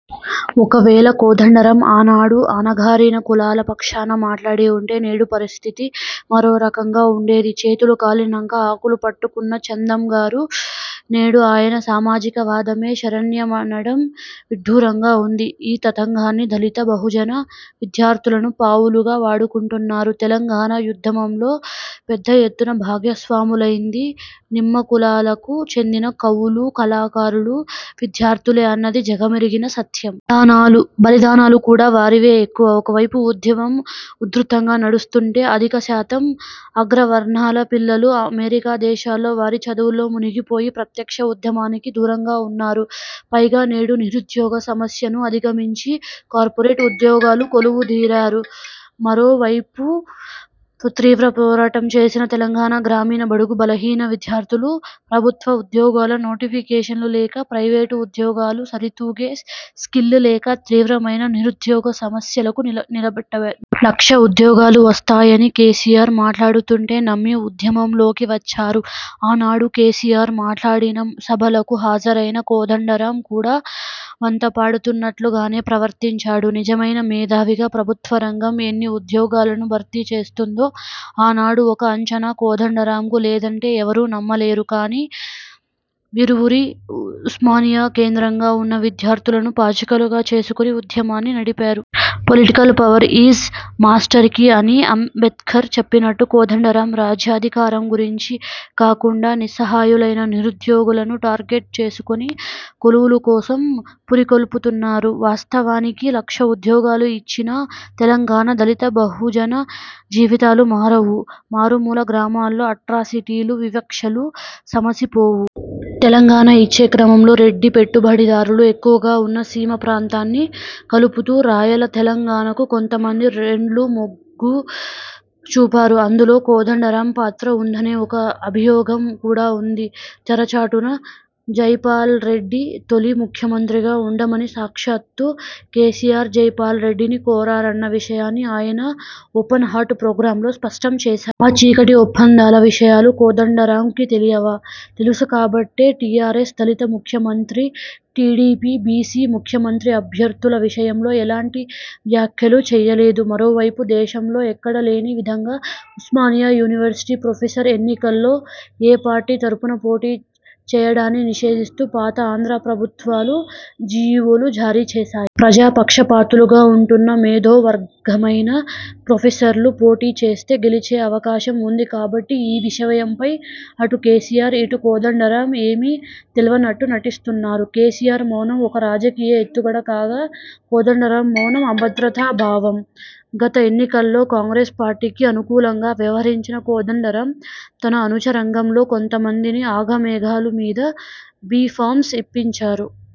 ఒకవేళ కోదండరాం ఆనాడు అణగారిన కులాల పక్షాన మాట్లాడి ఉంటే నేడు పరిస్థితి మరోరకంగా ఉండేది. చేతులు కాలినంక ఆకులు పట్టుకున్న చందంగారు నేడు ఆయన సామాజిక వాదమే శరణ్యమనడం విడ్డూరంగా ఉంది. ఈ తతంగాని దళిత, బహుజన విద్యార్థులను పావులుగా వాడుకుంటున్నారు. తెలంగాణ ఉద్యమంలో పెద్ద ఎత్తున భాగస్వాములైంది నిమకులాలకు చెందిన కవులు, కళాకారులు, విద్యార్థులే అన్నది జగమెరిగిన సత్యం. బలిదానాలు కూడా వారివే ఎక్కువ. ఒకవైపు ఉద్యమం ఉధృతంగా నడుస్తుంటే, అధికశాతం అగ్రవర్ణాల పిల్లలు అమెరికా దేశాల్లో వారి చదువుల్లో మునిగిపోయి ప్రత్యక్ష ఉద్యమానికి దూరంగా ఉన్నారు. పైగా నేడు నిరుద్యోగ సమస్యను అధిగమించి కార్పొరేట్ ఉద్యోగాలు కొలువు దీరారు. మరొకవైపు తీవ్ర పోరాటం చేసిన తెలంగాణ గ్రామీణ బడుగు, బలహీన విద్యార్థులు ప్రభుత్వ ఉద్యోగాల నోటిఫికేషన్లు లేక, ప్రైవేటు ఉద్యోగాలు సరితూగే స్కిల్ లేక తీవ్రమైన నిరుద్యోగ సమస్యలోకి నిల. లక్ష ఉద్యోగాలు వస్తాయని కేసీఆర్ మాట్లాడుతుంటే నమ్మి ఉద్యమంలోకి వచ్చారు. ఆనాడు కేసీఆర్ మాట్లాడినం సభలకు హాజరైన కోదండరాం కూడా వంతపాడుతున్నట్లుగానే ప్రవర్తించాడు. నిజమైన మేధావిగా ప్రభుత్వ రంగం ఎన్ని ఉద్యోగాలను భర్తీ చేస్తుందో ఆనాడు ఒక అంచనా కోదండరాంకు లేదంటే ఎవరూ నమ్మలేరు. కానీ వీరిరువురీ ఉస్మానియా కేంద్రంగా ఉన్న విద్యార్థులను పాచికలుగా చేసుకుని ఉద్యమాన్ని నడిపారు. 'Political power is master key' అని అంబేడ్కర్ చెప్పినట్టు కోదండరాం రాజ్యాధికారం గురించి కాకుండా నిస్సహాయులైన నిరుద్యోగులను టార్గెట్ చేసుకొని కొలువులు కోసం పురికొల్పుతున్నారు. వాస్తవానికి లక్ష ఉద్యోగాలు ఇచ్చినా తెలంగాణ దళిత, బహుజన జీవితాలు మారవు. మారుమూల గ్రామాల్లో అట్రాసిటీలు, వివక్షలు సమసిపోవు. తెలంగాణ ఇచ్చే క్రమంలో రెడ్డి పెట్టుబడిదారులు ఎక్కువగా ఉన్న సీమ ప్రాంతాన్ని కలుపుతూ రాయల తెలంగాణకు కొంతమంది రెండ్లు మొగ్గు చూపారు. అందులో కోదండరాం పాత్ర ఉందనే ఒక అభియోగం కూడా ఉంది. తెరచాటున జైపాల్రెడ్డి తొలి ముఖ్యమంత్రిగా ఉండమని సాక్షాత్తూ కేసీఆరే జైపాల్ రెడ్డిని కోరారన్న విషయాన్ని ఆయన 'ఓపెన్ హార్ట్' ప్రోగ్రాంలో స్పష్టం చేశారు. ఈ చీకటి ఒప్పందాల విషయాలు కోదండరాంకు తెలియవా? తెలుసు కాబట్టే టీఆర్ఎస్ దళిత ముఖ్యమంత్రి, టీడీపీ బీసీ ముఖ్యమంత్రి అభ్యర్థుల విషయంలో ఎలాంటి వ్యాఖ్యలు చేయలేదు. మరొక వైపు దేశంలో ఎక్కడా లేని విధంగా ఉస్మానియా యూవివర్సిటీ ప్రొఫెసర్ ఎన్నికల్లో ఏ పార్టీ తరఫున పోటీ చేయడాన్ని నిషేధిస్తూ పాత ఆంధ్రా ప్రభుత్వాలు జీవోలు జారీ చేసాయి. ప్రజా పక్షపాతులుగా ఉంటున్న మేధో వర్గమైన ప్రొఫెసర్లు పోటీ చేస్తే గెలిచే అవకాశం ఉంది కాబట్టి ఈ విషయంపై అటు కేసీఆర్, ఇటు కోదండరాం ఏమీ తెల్వనట్టు నటిస్తున్నారు. కేసీఆర్ మౌనం ఒక రాజకీయ ఎత్తుగడ కాగా, కోదండరాం మౌనం అభద్రతా భావం. గత ఎన్నికల్లో కాంగ్రెస్ పార్టీకి అనుకూలంగా వ్యవహరించిన కోదండరాం తన అనుచరంగంలో కొంతమందికి ఆగమేఘాల మీద బీ ఫామ్స్ ఇప్పించారు.